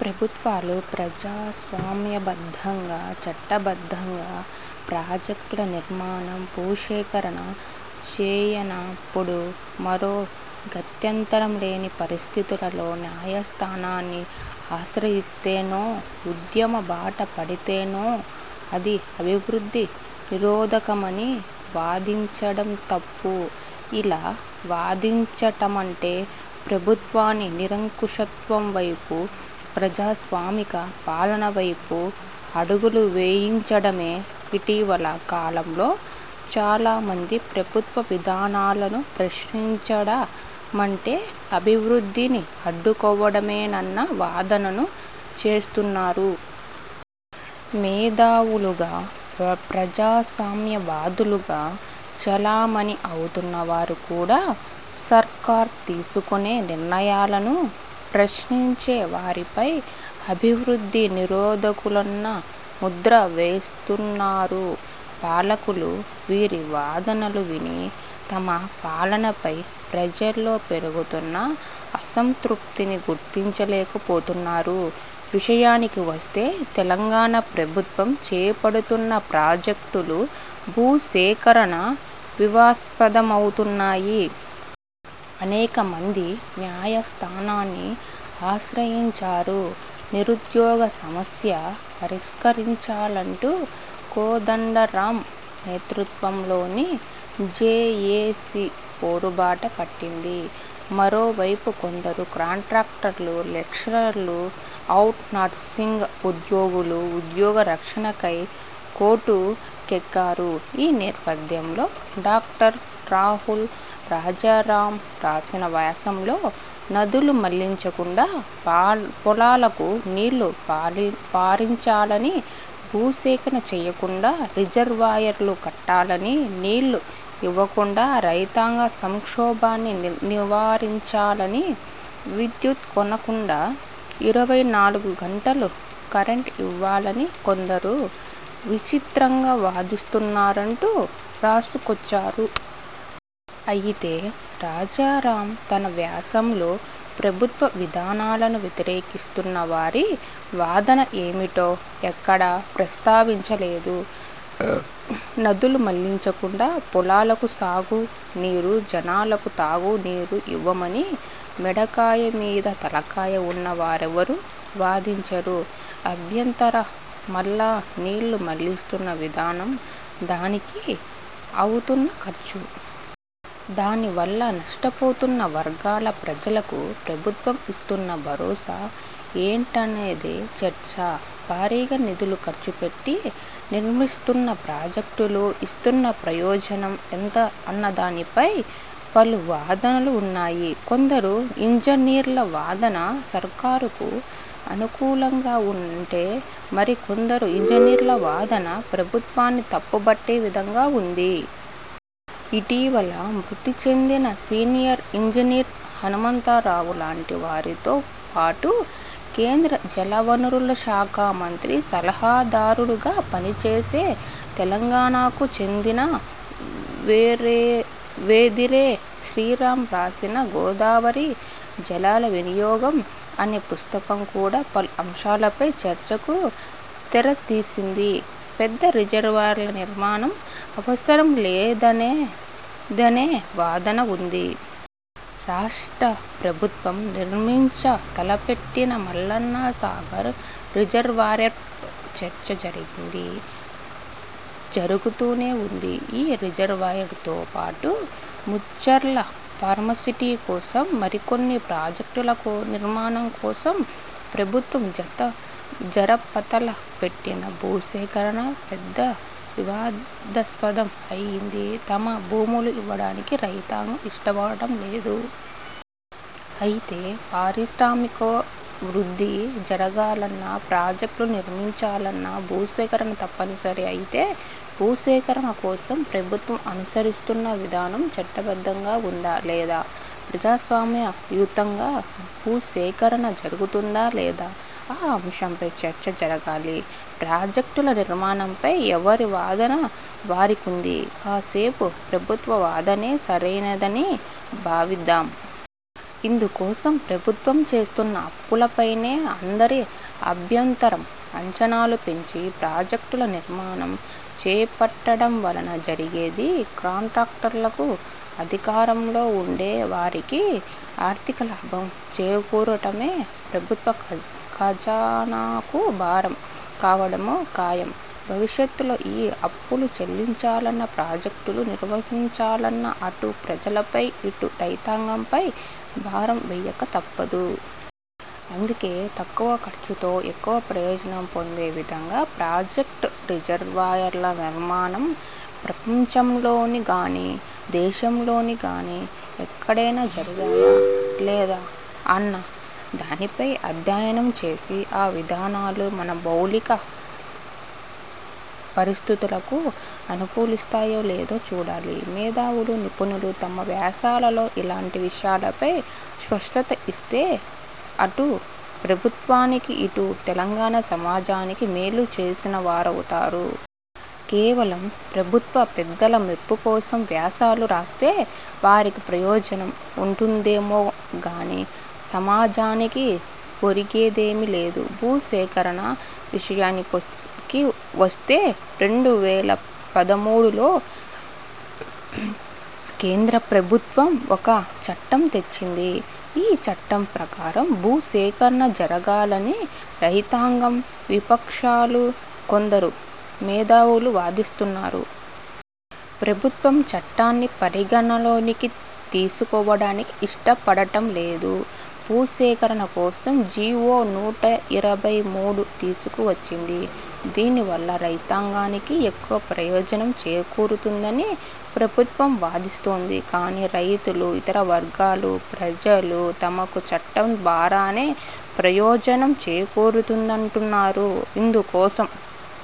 ప్రభుత్వాలు ప్రజాస్వామ్యబద్ధంగా, చట్టబద్ధంగా ప్రాజెక్టుల నిర్మాణం, భూసేకరణ చేయనప్పుడు, మరో గత్యంతరం లేని పరిస్థితుల్లో న్యాయస్థానాన్ని ఆశ్రయిస్తేనో, ఉద్యమ బాట పడితేనో అది అభివృద్ధి నిరోధకమని వాదించడం తప్పు. ఇలా వాదించటమంటే ప్రభుత్వాన్ని నిరంకుశత్వం వైపూ, అప్రజాస్వామిక పాలన వైపూ అడుగులు వేయించడమే. ఇటీవల కాలంలో చాలా మంది ప్రభుత్వ విధానాలను ప్రశ్నించడ మంటే అభివృద్ధిని అడ్డుకోవడమేనన్న వాదనను చేస్తున్నారు. మేధావులుగా, ప్ర ప్రజాస్వామ్యవాదులుగా చలామణి అవుతున్న వారు కూడా సర్కార్ తీసుకునే నిర్ణయాలను ప్రశ్నించే వారిపై అభివృద్ధి నిరోధకులన్న ముద్ర వేస్తున్నారు. పాలకులు వీరి వాదనలు విని తమ పాలనపై ప్రజల్లో పెరుగుతున్న అసంతృప్తిని గుర్తించలేకపోతున్నారు. విషయానికి వస్తే తెలంగాణ ప్రభుత్వం చేపడుతున్న ప్రాజెక్టులు, భూసేకరణ వివాస్పదమవుతున్నాయి. అనేక మంది న్యాయ స్థానాన్ని ఆశ్రయించారు. నిరుద్యోగ సమస్య పరిష్కరించాలంటూ కోదండ రామ్ నేతృత్వంలోని జేఏసీ పోరుబాట పట్టింది. మరోవైపు కొందరు కాంట్రాక్టర్లు లెక్చరర్లు, ఔట్ సోర్సింగ్ ఉద్యోగులు ఉద్యోగ రక్షణకై కోర్టు కెక్కారు. ఈ నేసథ్యంలో డాక్టర్ రాహుల్ రాజారామ్ రాసిన వ్యాసంలో నదులు మళ్లించకుండా, పాల్ పొలాలకు నీళ్లు పారీ పారించాలనీ, భూ సేకరణ చేయకుండా రిజర్వాయర్లు కట్టాలనీ, నీళ్లు ఇవ్వకుండా రైతాంగ సంక్షోభాన్ని నిర్న్ నివారించాలనీ, విద్యుత్ కొనకుండా ఇరవై నాలుగు గంటలు కరెంట్ ఇవ్వాలనీ కొందరు విచిత్రంగా వాదిస్తున్నారంటూ రాసు కొచ్చారు. అయితే రాజారామ్ తన వ్యాసంలో ప్రభుత్వ విధానాలను వ్యతిరేకిస్తున్న వారి వాదన ఏమిటో ఎక్కడా ప్రస్తావించలేదు. నదులు మళ్లించకుండా పొలాలకు సాగు నీరు, జనాలకు తాగు నీరు ఇవ్వమని మెడకాయ మీద తలకాయ ఉన్న వారెవరూ వాదించరు. అభ్యంతర మల్లా నీళ్లు మళ్లిస్తున్న విధానం. దానికి అవుతున్న ఖర్చు. దానివల్ల నష్టపోతున్న వర్గాల ప్రజలకు ప్రభుత్వం ఇస్తున్న భరోసా ఏంటనేదే చర్చ. భారీగా నిధులు ఖర్చు పెట్టి నిర్మిస్తున్న ప్రాజెక్టులు ఇస్తున్న ప్రయోజనం ఎంత అన్న దానిపై పలు వాదనలు ఉన్నాయి. కొందరు ఇంజనీర్ల వాదన సర్కారుకు అనుకూలంగా ఉంటే, మరికొందరు ఇంజనీర్ల వాదన ప్రభుత్వాన్ని తప్పుబట్టే విధంగా ఉంది. ఇటీవల మృతి చెందిన సీనియర్ ఇంజనీర్ హనుమంతరావు లాంటి వారితో పాటు కేంద్ర జలవనరుల శాఖా మంత్రి సలహాదారుగా పనిచేసే తెలంగాణకు చెందిన వేరే వెదిరే శ్రీరాం రాసిన 'గోదావరి జలాల వినియోగం' అనే పుస్తకం కూడా పలు అంశాలపై చర్చకు తెరతీసింది. పెద్ద రిజర్వాయర్ల నిర్మాణ అవసరం లేదనేదనే వాదన ఉంది. రాష్ట్ర ప్రభుత్వం నిర్మించ తలపెట్టిన మల్లన్న సాగర్ రిజర్వాయర చర్చ జరిగింది. జరుగుతూనే ఉంది. ఈ రిజర్వాయర్తో పాటు ముచ్చర్ల ఫార్మాసిటీ కోసం, మరికొన్ని ప్రాజెక్టుల కో నిర్మాణం కోసం ప్రభుత్వం జత జరపతల పెట్టిన భూసేకరణ పెద్ద వివాదస్పదం అయింది. తమ భూములు ఇవ్వడానికి రైతాంగం ఇష్టపడడం లేదు. అయితే పారిశ్రామికా వృద్ధి జరగాలన్నా, ప్రాజెక్టును నిర్మించాలన్నా భూసేకరణ తప్పనిసరి. అయితే భూసేకరణ కోసం ప్రభుత్వం అనుసరిస్తున్న విధానం చట్టబద్ధంగా ఉందా లేదా? ప్రజాస్వామ్యయుతంగా భూసేకరణ జరుగుతుందా లేదా? ఆ అంశం పై చర్చ జరగాలి. ప్రాజెక్టుల నిర్మాణంపై ఎవరి వాదన వారికుంది. కాసేపు ప్రభుత్వ వాదనే సరైనదని భావిద్దాం. ఇందుకోసం ప్రభుత్వం చేస్తున్న అప్పులపైనే అందరి అభ్యంతరం. అంచనాలు పెంచి ప్రాజెక్టుల నిర్మాణం చేపట్టడం వలన జరిగేది కాంట్రాక్టర్లకు, అధికారంలో ఉండే వారికి ఆర్థిక లాభం చేకూరటమే. ప్రభుత్వ ఖజ్ ఖజానాకు భారం కావడమూ ఖాయం. భవిష్యత్తులో ఈ అప్పులు చెల్లించాలన్నా, ప్రాజెక్టులు నిర్వహించాలన్నా అటు ప్రజలపై ఇటు రైతాంగంపై భారం వేయక తప్పదు. అందుకే తక్కువ ఖర్చుతో ఎక్కువ ప్రయోజనం పొందే విధంగా ప్రాజెక్టు, రిజర్వాయర్ల నిర్మాణం ప్రపంచంలోని గానీ, దేశంలోని గానీ ఎక్కడైనా జరిగాయా లేదా అన్న దానిపై అధ్యయనం చేసి, ఆ విధానాలు మన భౌళిక పరిస్థితులకు అనుకూలిస్తాయో లేదో చూడాలి. మేధావులు, నిపుణులు తమ వ్యాసాలలో ఇలాంటి విషయాలపై స్పష్టత ఇస్తే అటు ప్రభుత్వానికి ఇటు తెలంగాణ సమాజానికి మేలు చేసిన వారవుతారు. కేవలం ప్రభుత్వ పెద్దల మెప్పుకోసం వ్యాసాలు రాస్తే వారికి ప్రయోజనం ఉంటుందేమో కానీ సమాజానికీ ఒరిగేదేమీ లేదు. భూసేకరణ విషయానికికీ వస్తే రెండు వేల పదమూడులో కేంద్ర ప్రభుత్వం ఒక చట్టం తెచ్చింది. ఈ చట్టం ప్రకారం భూ సేకరణ జరగాలని రైతాంగం, విపక్షాలు, కొందరు మేధావులు వాదిస్తున్నారు. ఫ్రభుత్వం చట్టాన్ని పరిగణలోనికి తీసుకోవడానికి ఇష్టపడడం లేదు. భూసేకరణ కోసం జీవో నూట ఇరవై మూడు తీసుకు వచ్చింది. దీని వల్ల రైతాంగానికి ఎక్కువ ప్రయోజనం చేరూరుతుందని ప్రభుత్వం వాదిస్తోంది. కానీ రైతులు, ఇతర వర్గాల ప్రజలు తమకు చట్టం ద్వారానే ప్రయోజనం చేకూరుతుందంటున్నారు. ఇందుకోసం